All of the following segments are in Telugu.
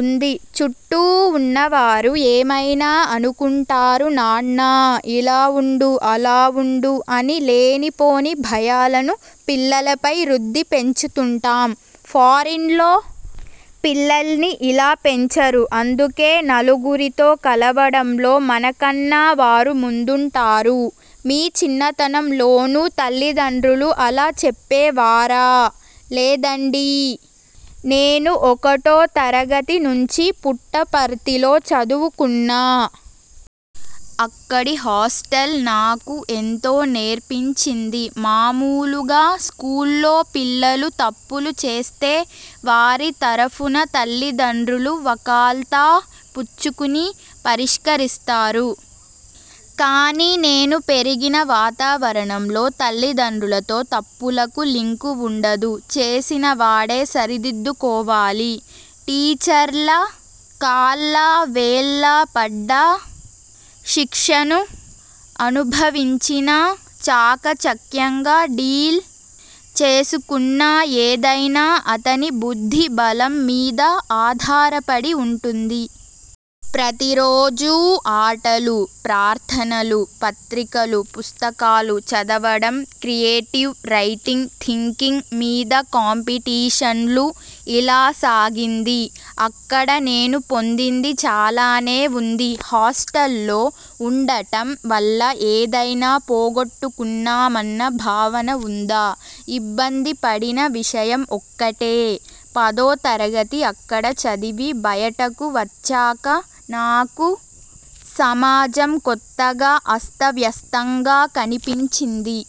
ఉంది 'చుట్టూ ఉన్నవారు ఏమైనా అనుకుంటారు నాన్నా.. ఇలా ఉండు, అలా ఉండు' అని లేనిపోని భయాలను పిల్లలపై రుద్ది పెంచుతుంటాం. ఫారిన్లో పిల్లల్ని ఇలా పెంచరు. అందుకే నలుగురితో కలవడంలో మనకన్నా వారు ముందుంటారు. మీ చిన్నతనంలోనూ తల్లిదండ్రులు అలా చెప్పేవారా? లేదండీ. నేను ఒకటో తరగతి నుంచి పుట్టపర్తిలో చదువుకున్నా. అక్కడి హాస్టల్ నాకు ఎంతో నేర్పించింది. మామూలుగా స్కూల్లో పిల్లలు తప్పులు చేస్తే, వారి తరఫున తల్లిదండ్రులు వకాల్తా పుచ్చుకుని పరిష్కరిస్తారు. కానీ నేను పెరిగిన వాతావరణంలో తల్లిదండ్రులతో తప్పులకు లింకు ఉండదు. చేసిన వాడే సరిదిద్దుకోవాలి. టీచర్ల కాళ్లావేళ్లా పడ్డా, శిక్షను అనుభవించినా, చాకచక్యంగా డీల్ చేసుకున్నాఏదైనా అతని బుద్ధిబలం మీద ఆధారపడి ఉంటుంది. ప్రతిరోజూ ఆటలు, ప్రార్థనలు, పత్రికలు, పుస్తకాలు చదవడం, క్రియేటివ్ రైటింగ్.. థింకింగ్ మీద కాంపిటీషన్లు.. ఇలా సాగింది అక్కడ నేను పొందింది చాలానే ఉంది. హాస్టల్లో ఉండటం వల్ల ఏదైనా పోగొట్టుకున్నామన్న భావన ఉందా? ఇబ్బంది పడిన విషయం ఒక్కటే. పదో తరగతి అక్కడ చదివి బయటకు వచ్చాక నాకు సమాజం కొత్తగా, అస్తవ్యస్తంగా కనిపించింది.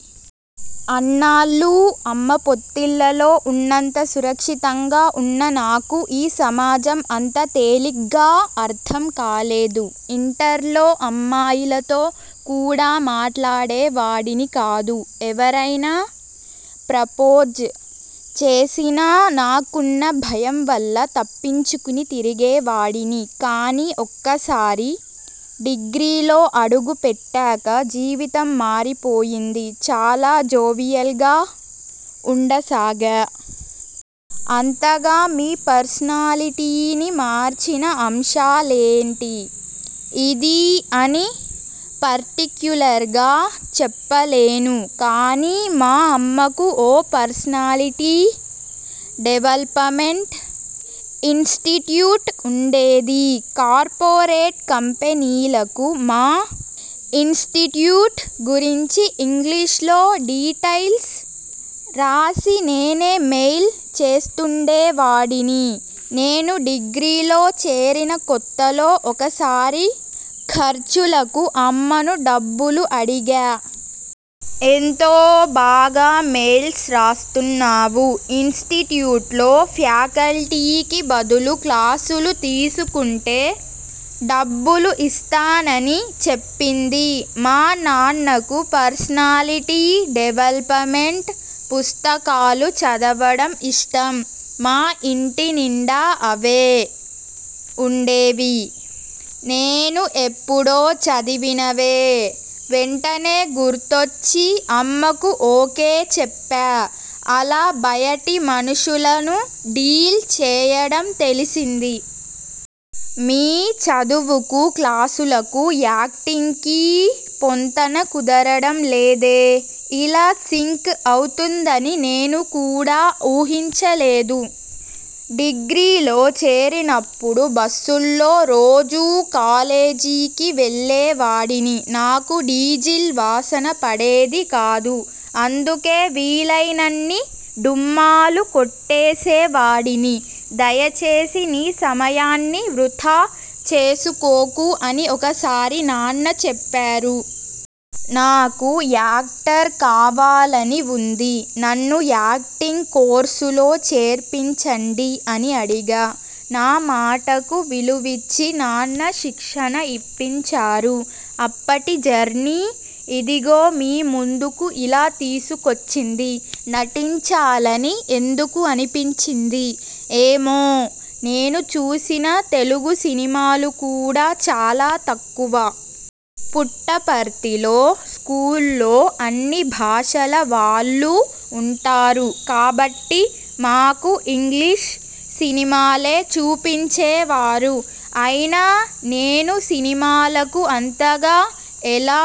అన్నాళ్లూ అమ్మ పొత్తిళ్లలో ఉన్నంత సురక్షితంగా ఉన్న నాకు ఈ సమాజం అంత తేలిగ్గా అర్థం కాలేదు. ఇంటర్లో అమ్మాయిలతో కూడా మాట్లాడేవాడిని కాదు. ఎవరైనా ప్రపోజ్ చేసినా.. నాకున్న భయం వల్ల తప్పించుకుని తిరిగేవాడిని. కానీ ఒక్కసారి డిగ్రీలో అడుగుపెట్టాక జీవితం మారిపోయింది. చాలా జోవియల్గా ఉండసాగా. అంతగా మీ పర్సనాలిటీని మార్చిన అంశాలేంటి? ఇదీ.. అని పర్టిక్యులర్గా చెప్పలేను కానీ.. మా అమ్మకు ఓ పర్సనాలిటీ డెవల్పమెంట్ ఇన్స్టిట్యూట్ ఉండేది. కార్పొరేట్ కంపెనీలకు మా ఇన్స్టిట్యూట్ గురించి ఇంగ్లిష్లో డీటైల్స్ రాసి నేనే మెయిల్ చేస్తుండేవాడిని. నేను డిగ్రీలో చేరిన కొత్తలో ఒకసారి ఖర్చులకు అమ్మను డబ్బులు అడిగా. ఎంతో బాగా మెయిల్స్ రాస్తున్నావు.. ఇన్స్టిట్యూట్లో ఫ్యాకల్టీకి బదులు క్లాసులు తీసుకుంటే డబ్బులు ఇస్తానని చెప్పింది. మా నాన్నకు పర్సనాలిటీ డెవల్పమెంట్ పుస్తకాలు చదవడం ఇష్టం. మా ఇంటి నిండా అవే ఉండేవి. నేనూ ఎప్పుడో చదివినవే. వెంటనే గుర్తొచ్చి అమ్మకు ఓకే చెప్పా. అలా బయటి మనుషులను డీల్ చేయడం తెలిసింది. మీ చదువుకు, క్లాసులకు, యాక్టింగ్కీ పొంతన కుదరడం లేదే? ఇలా సింక్ అవుతుందని నేను కూడా ఊహించలేదు. డిగ్రీలో చేరినప్పుడు బస్సుల్లో రోజూ కాలేజీకి వెళ్లేవాడిని. నాకు డీజిల్ వాసన పడేది కాదు. అందుకే వీలైనన్ని డుమ్మాలు కొట్టేసేవాడిని. 'దయచేసి నీ సమయాన్ని వృథా చేసుకోకు' అని ఒకసారి నాన్న చెప్పారు. 'నాకు యాక్టర్ కావాలని ఉంది. నన్ను యాక్టింగ్ కోర్సులో చేర్పించండి' అని అడిగా. నా మాటకు విలువిచ్చి నాన్న శిక్షణ ఇప్పించారు. అప్పటి జర్నీ.. ఇదుగో మీ ముందుకు ఇలా తీసుకొచ్చింది. నటించాలని ఎందుకు అనిపించింది? ఏమో.. నేను చూసిన తెలుగు సినిమాలు కూడా చాలా తక్కువ. పుట్టపర్తిలో స్కూల్లో అన్ని భాషల వాళ్లూ ఉంటారు కాబట్టి మాకు ఇంగ్లిష్ సినిమాలే చూపించేవారు. అయినా నేను సినిమాలకు అంతగా ఎలా